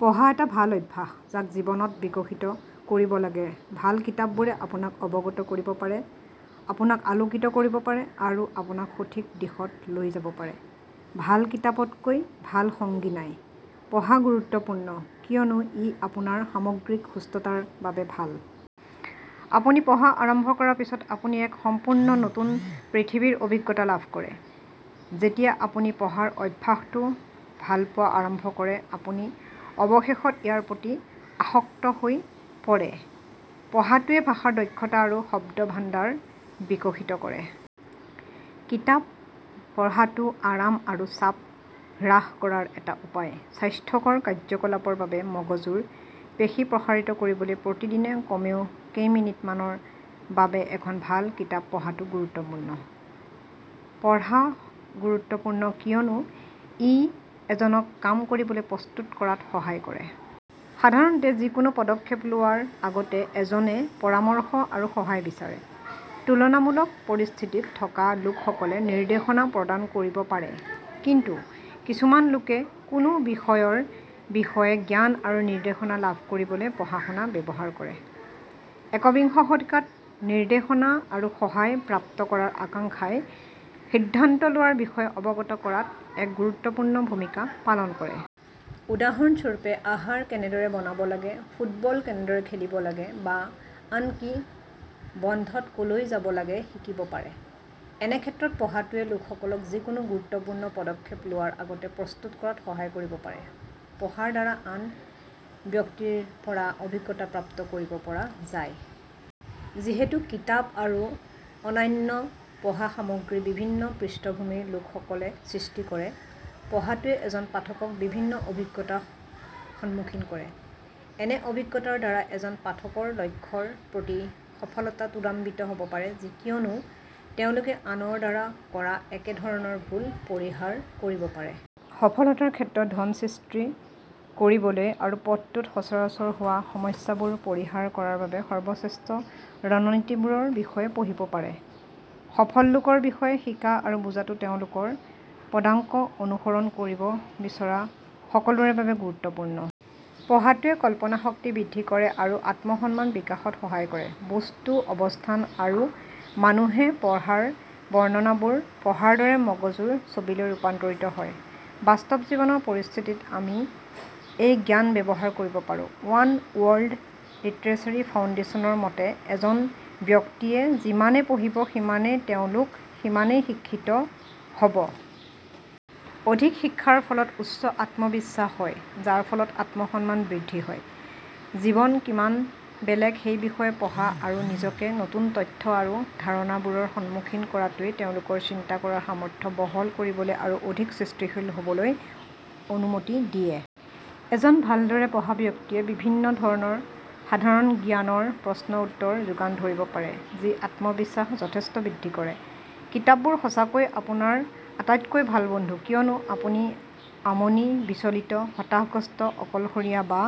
পঢ়া এটা ভাল অভ্যাস যাক জীৱনত বিকশিত কৰিব লাগে। ভাল কিতাপবোৰে আপোনাক অৱগত কৰিব পাৰে, আপোনাক আলোকিত কৰিব পাৰে আৰু আপোনাক সঠিক দিশত লৈ যাব পাৰে। ভাল কিতাপতকৈ ভাল সংগী নাই। পঢ়া গুৰুত্বপূৰ্ণ কিয়নো ই আপোনাৰ সামগ্ৰিক সুস্থতাৰ বাবে ভাল। আপুনি পঢ়া আৰম্ভ কৰাৰ পিছত, আপুনি এক সম্পূৰ্ণ নতুন পৃথিৱীৰ অভিজ্ঞতা লাভ কৰে। যেতিয়া আপুনি পঢ়াৰ অভ্যাসটো ভাল পোৱা আৰম্ভ কৰে আপুনি অৱশেষত ইয়াৰ প্ৰতি আসক্ত হৈ পৰে। পঢ়াটোৱে ভাষাৰ দক্ষতা আৰু শব্দভাণ্ডাৰ বিকশিত কৰে। কিতাপ পঢ়াটোও আৰাম আৰু চাপ হ্ৰাস কৰাৰ এটা উপায়। স্বাস্থ্যকৰ কাৰ্যকলাপৰ বাবে মগজুৰ পেশী প্ৰসাৰিত কৰিবলৈ প্ৰতিদিনে কমেও কেইমিনিটমানৰ বাবে এখন ভাল কিতাপ পঢ়াটো গুৰুত্বপূৰ্ণ। পঢ়া গুৰুত্বপূৰ্ণ কিয়নো ই এজনক কাম কৰিবলৈ প্ৰস্তুত কৰাত সহায় কৰে। সাধাৰণতে, যিকোনো পদক্ষেপ লোৱাৰ আগতে, এজনে পৰামৰ্শ আৰু সহায় বিচাৰে। তুলনামূলক পৰিস্থিতিত থকা লোকসকলে নিৰ্দেশনা প্ৰদান কৰিব পাৰে। কিন্তু কিছুমান লোকে কোনো বিষয়ৰ বিষয়ে জ্ঞান আৰু নিৰ্দেশনা লাভ কৰিবলৈ পঢ়া-শুনা ব্যৱহাৰ কৰে। একবিংশ শতিকাত, নিৰ্দেশনা আৰু সহায় প্ৰাপ্ত কৰাৰ আকাংক্ষাই সিদ্ধান্ত লোৱাৰ বিষয়ে অৱগত কৰাত এক গুৰুত্বপূৰ্ণ ভূমিকা পালন কৰে। উদাহৰণ স্বৰূপে, আহাৰ কেনেদৰে বনাব লাগে, ফুটবল কেনেদৰে খেলিব লাগে, বা আনকি বন্ধত ক'লৈ যাব লাগে শিকিব পাৰে। এনে ক্ষেত্ৰত, পঢ়াটোৱে লোকসকলক যিকোনো গুৰুত্বপূৰ্ণ পদক্ষেপ লোৱাৰ আগতে প্ৰস্তুত কৰাত সহায় কৰিব পাৰে। পঢ়াৰ দ্বাৰা আন ব্যক্তিৰ পৰা অভিজ্ঞতা প্ৰাপ্ত কৰিব পৰা যায়। যিহেতু কিতাপ আৰু অন্যান্য পঢ়া সামগ্ৰী বিভিন্ন পৃষ্ঠভূমিৰ লোকসকলে সৃষ্টি কৰে, পঢ়াটোৱে এজন পাঠকক বিভিন্ন অভিজ্ঞতাৰ সন্মুখীন কৰে। এনে অভিজ্ঞতাৰ দ্বাৰা এজন পাঠকৰ লক্ষ্যৰ প্ৰতি সফলতা ত্বৰান্বিত হ'ব পাৰে কিয়নো তেওঁলোকে আনৰ দ্বাৰা কৰা একে ধৰণৰ ভুল পৰিহাৰ কৰিব পাৰে। সফলতাৰ ক্ষেত্ৰত, ধন সৃষ্টি কৰিবলৈ আৰু পথটোত সচৰাচৰ হোৱা সমস্যাবোৰ পৰিহাৰ কৰাৰ বাবে সৰ্বশ্ৰেষ্ঠ ৰণনীতিবোৰৰ বিষয়ে পঢ়িব পাৰে। সফল লোকৰ বিষয়ে শিকা আৰু বুজা টো তেওঁলোকৰ পদাংক অনুসৰণ কৰিব বিচৰা সকলোৰে বাবে গুৰুত্বপূৰ্ণ। পঢ়াটোৱে কল্পনাশক্তি বৃদ্ধি কৰে আৰু আত্ম-সন্মান বিকাশত সহায় কৰে। বস্তু, অৱস্থান আৰু মানুহে পঢ়া ৰ বৰ্ণনাবোৰ পঢ়াৰ দৰে মগজুৰ ছবিলৈ ৰূপান্তৰিত হয়। বাস্তৱ জীৱনৰ পৰিস্থিতিত, আমি এই জ্ঞান ব্যৱহাৰ কৰিব পাৰোঁ। ৱান ৱৰ্ল্ড লিটাৰেচি ফাউণ্ডেচন ৰ মতে, এজন ব্যক্তিয়ে যিমানে পঢ়িব সিমানে তেওঁলোক সিমানেই শিক্ষিত হ'ব। অধিক শিক্ষাৰ ফলত উচ্চ আত্মবিশ্বাস হয়, যাৰ ফলত আত্মসন্মান বৃদ্ধি হয়। জীৱন কিমান বেলেগ সেই বিষয়ে পঢ়া আৰু নিজকে নতুন তথ্য আৰু ধাৰণাবোৰৰ সন্মুখীন কৰাটোৱে তেওঁলোকৰ চিন্তাকৰাৰ সামৰ্থ্য বহল কৰিবলৈ আৰু অধিক সৃষ্টিশীল হ'বলৈ অনুমতি দিয়ে। এজন ভালদৰে পঢ়া ব্যক্তিয়ে বিভিন্ন ধৰণৰ সাধাৰণ জ্ঞানৰ প্ৰশ্নৰ উত্তৰ যোগান ধৰিব পাৰে, যি আত্মবিশ্বাস যথেষ্ট বৃদ্ধি কৰে। কিতাপবোৰ সঁচাকৈয়ে আপোনাৰ আটাইতকৈ ভাল বন্ধু কিয়নো আপুনি আমনি, বিচলিত, হতাশাগ্ৰস্ত, অকলশৰীয়া বা